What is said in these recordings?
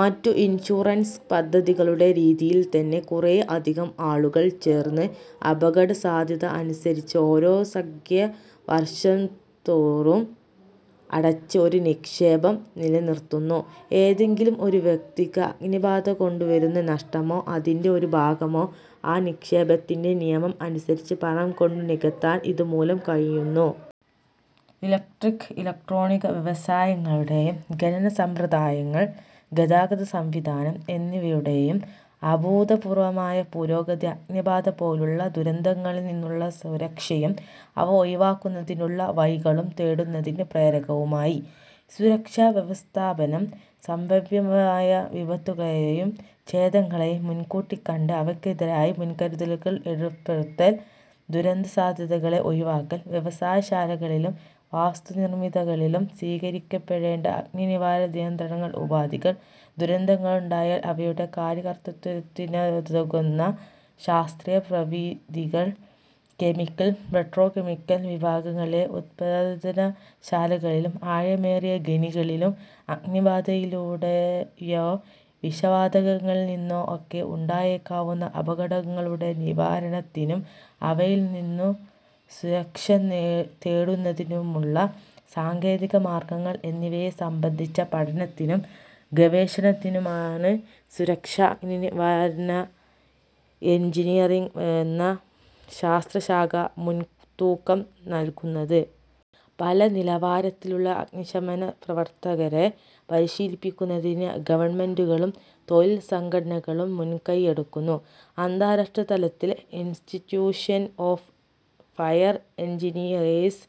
മറ്റു ഇൻഷുറൻസ് പദ്ധതികളുടെ രീതിയിൽ തന്നെ, കുറെ അധികം ആളുകൾ ചേർന്ന് അപകടസാധ്യത അനുസരിച്ച് ഓരോ സംഖ്യ വർഷംതോറും അടച്ച് ഒരു നിക്ഷേപം നിലനിർത്തുന്നു. ഏതെങ്കിലും ഒരു വ്യക്തിക്ക് അഗ്നിബാധകൊണ്ടു വരുന്ന നഷ്ടമോ, അതിന്റെ ഒരു ഭാഗമോ ആ നിക്ഷേപത്തിന്റെ നിയമം അനുസരിച്ച് പണംകൊണ്ടു നികത്താൻ ഇതുമൂലം കഴിയുന്നു. ഇലക്ട്രിക്-ഇലക്ട്രോണിക വ്യവസായങ്ങളുടേയും ഖനനസമ്പ്രദായങ്ങൾ, ഗതാഗത സംവിധാനം എന്നിവയുടേയും അഭൂതപൂർവമായ പുരോഗതി അഗ്നിബാധപോലുള്ള ദുരന്തങ്ങളിൽനിന്നുള്ള സുരക്ഷയും അവ ഒഴിവാക്കുന്നതിനുള്ള വഴികളും തേടുന്നതിന് പ്രേരകവുമായി. സുരക്ഷാവ്യവസ്ഥാപനം, സംഭവ്യമായ വിപത്തുകളേയും ചേതങ്ങളേയും മുൻകൂട്ടിക്കണ്ട് അവയ്ക്കെതിരായി മുൻകരുതലുകൾ ഏർപ്പെടുത്തൽ, ദുരന്തസാധ്യതകളെ ഒഴിവാക്കൽ, വ്യവസായശാലകളിലും വാസ്തുനിർമിതികളിലും സ്വീകരിക്കപ്പെടേണ്ട അഗ്നിനിവാരണ നിയന്ത്രണ ഉപാധികൾ, ദുരന്തങ്ങളുണ്ടായാൽ അവയുടെ കാര്യകർതൃത്വത്തിനുതകുന്ന ശാസ്ത്രീയ പ്രവിധികൾ, കെമിക്കൽ, പെട്രോകെമിക്കൽ വിഭാഗങ്ങളിലെ ഉത്പാദനശാലകളിലും ആഴമേറിയ ഖനികളിലും അഗ്നിബാധയിലൂടെയോ വിഷവാതകങ്ങളിൽ നിന്നോ ഒക്കെ ഉണ്ടായേക്കാവുന്ന അപകടങ്ങളുടെ നിവാരണത്തിനും അവയിൽനിന്നു സുരക്ഷനേടുന്നതിനുമുള്ള സാങ്കേതികമാർഗങ്ങൾ എന്നിവയെ സംബന്ധിച്ച പഠനത്തിനും, ഗവേഷണത്തിനുമാണ് സുരക്ഷാ അഗ്നിനിവാരണ എൻജിനിയറിങ് എന്ന ശാസ്ത്രശാഖ മുൻതൂക്കം നല്കുന്നത്. പല നിലവാരത്തിലുള്ള അഗ്നിശമന പ്രവർത്തകരെ പരിശീലിപ്പിക്കുന്നതിന് ഗവൺമെന്റുകളും തൊഴിൽ സംഘടനകളും മുൻകൈ എടുക്കുന്നു. അന്താരാഷ്ട്ര തലത്തിൽ 'Institution of Fire Engineers',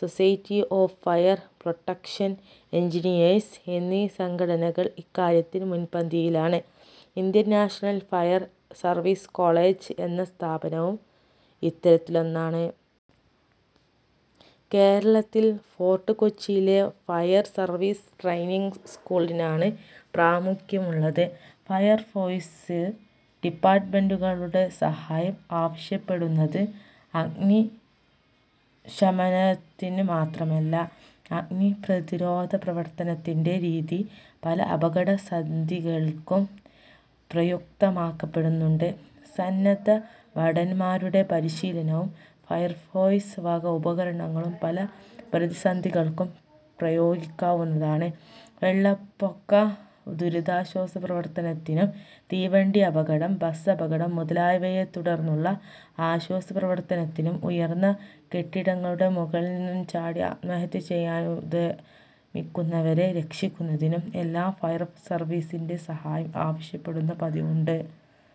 'Society of Fire Protection Engineers' എന്നീ സംഘടനകൾ ഇക്കാര്യത്തിൽ മുൻപന്തിയിലാണ്. Indian national fire service college എന്ന സ്ഥാപനവും ഇത്തരത്തിലൊന്നാണ്. കേരളത്തിൽ ഫോർട്ട് കൊച്ചിയിലെ ഫയർ സർവീസ് ട്രെയിനിങ് സ്കൂളിനാണ് പ്രാമുഖ്യമുള്ളത്. ഫയർഫോഴ്സ് ഡിപ്പാർട്ടുമെന്റുകളുടെ സഹായം ആവശ്യപ്പെടുന്നത് അഗ്നിശമനത്തിനു മാത്രമല്ല അഗ്നി പ്രതിരോധപ്രവർത്തനത്തിന്റെ രീതി പല അപകടസന്ധികൾക്കും പ്രയുക്തമാക്കപ്പെടുന്നുണ്ട്. സന്നദ്ധഭടൻമാരുടെ പരിശീലനവും ഫയർഫോഴ്സ് വക ഉപകരണങ്ങളും പല പ്രതിസന്ധികൾക്കും പ്രയോഗിക്കാവുന്നതാണ്. വെള്ളപ്പൊക്കദുരിതാശ്വാസ പ്രവർത്തനത്തിനും തീവണ്ടിയപകടം, ബസ്സപകടം മുതലായവയെത്തുടർന്നുള്ള ആശ്വാസപ്രവർത്തനത്തിനും ഉയർന്ന കെട്ടിടങ്ങളുടെ മുകളിൽ നിന്നുചാടി ആത്മഹത്യ ചെയ്യാനുദ്യമിക്കുന്നവരെ രക്ഷിക്കുന്നതിനും എല്ലാം ഫയർസർവീസിന്റെ സഹായം ആവശ്യപ്പെടുന്ന പതിവുണ്ട്.